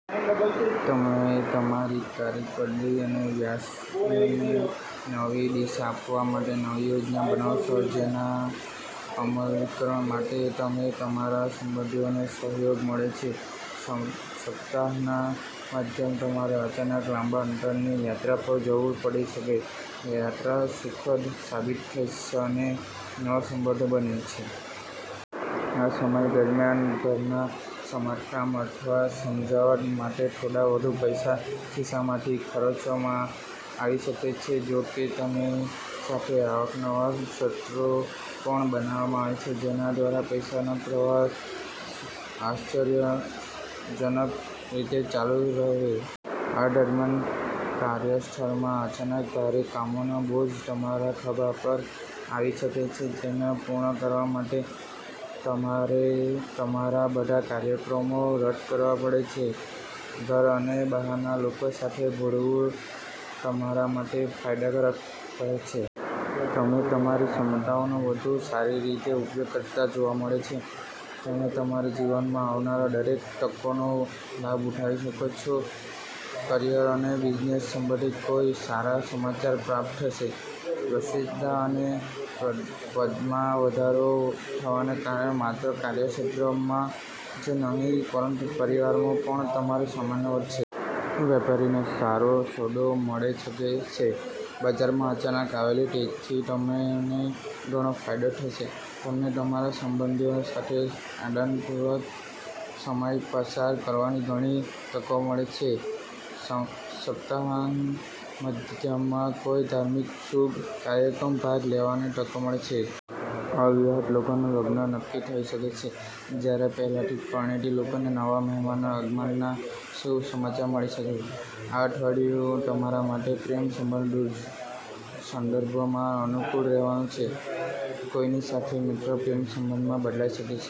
તમે તમારી કારકિર્દી અને વ્યવસાયને નવી દિશા આપવા માટે નવી યોજના બનાવશો, જેના અમલીકરણ માટે તમને તમારા સંબંધીઓનો સહયોગ મળશે. સપ્તાહના મધ્યમાં તમારે અચાનક લાંબા અંતરની યાત્રા પર જવું પડી શકે છે. યાત્રા સુખદ સાબિત થશે અને નવા સંબંધો બનશે. આ સમય દરમિયાન, ઘરના સમારકામ અથવા સજાવટ માટે થોડા વધુ પૈસા ખિસ્સામાંથી ખર્ચવામાં આવી શકે છે, જો કે તેની સાથે આવકના નવા સ્ત્રોત પણ બનાવવામાં આવશે, જેના દ્વારા પૈસાનો પ્રવાહ આશ્ચર્યજનક રીતે ચાલુ રહેશે. આ દરમિયાન, કાર્યસ્થળમાં અચાનક ભારે કામનો બોજ તમારા ખભા પર આવી શકે છે, જેને પૂર્ણ કરવા માટે તમારે તમારા બધા કાર્યક્રમો રદ કરવા પડશે. ઘર અને બહારના લોકો સાથે ભળવું તમારા માટે ફાયદાકારક રહેશે. તમે તમારી ક્ષમતાઓનો વધુ સારી રીતે ઉપયોગ કરતા જોવા મળશે. તમે તમારા જીવનમાં આવનાર દરેક તકનો લાભ ઉઠાવી શકશો. કરિયર અને બિઝનેસ સંબંધિત કોઈ સારા સમાચાર પ્રાપ્ત થશે. પ્રતિષ્ઠા અને પદમાં વધારો થવાને કારણે માત્ર કાર્યક્ષેત્રમાં જ નહીં પરંતુ પરિવારમાં પણ તમારું સન્માન વધશે. વેપારીને સારો સોદો મળી શકે છે. બજારમાં અચાનક આવેલી તેજીથી તમને ઘણો ફાયદો થશે. તમને તમારા સંબંધીઓ સાથે આનંદપૂર્વક સમય પસાર કરવાની ઘણી તકો મળશે. સપ્તાહના મધ્યમાં કોઈ ધાર્મિક કે શુભ કાર્યક્રમમાં ભાગ લેવાની તક મળશે. અવિવાહિત લોકોના લગ્ન નક્કી થઈ શકે છે, જ્યારે પહેલાથી પરિણીત લોકોને નવા મહેમાનના આગમનના શુભ સમાચાર મળી શકે છે. આ અઠવાડિયું તમારા માટે પ્રેમ સંબંધોના સંદર્ભમાં અનુકૂળ રહેવાનું છે. કોઈની સાથે મિત્રતા પ્રેમ સંબંધમાં બદલાઈ શકે છે.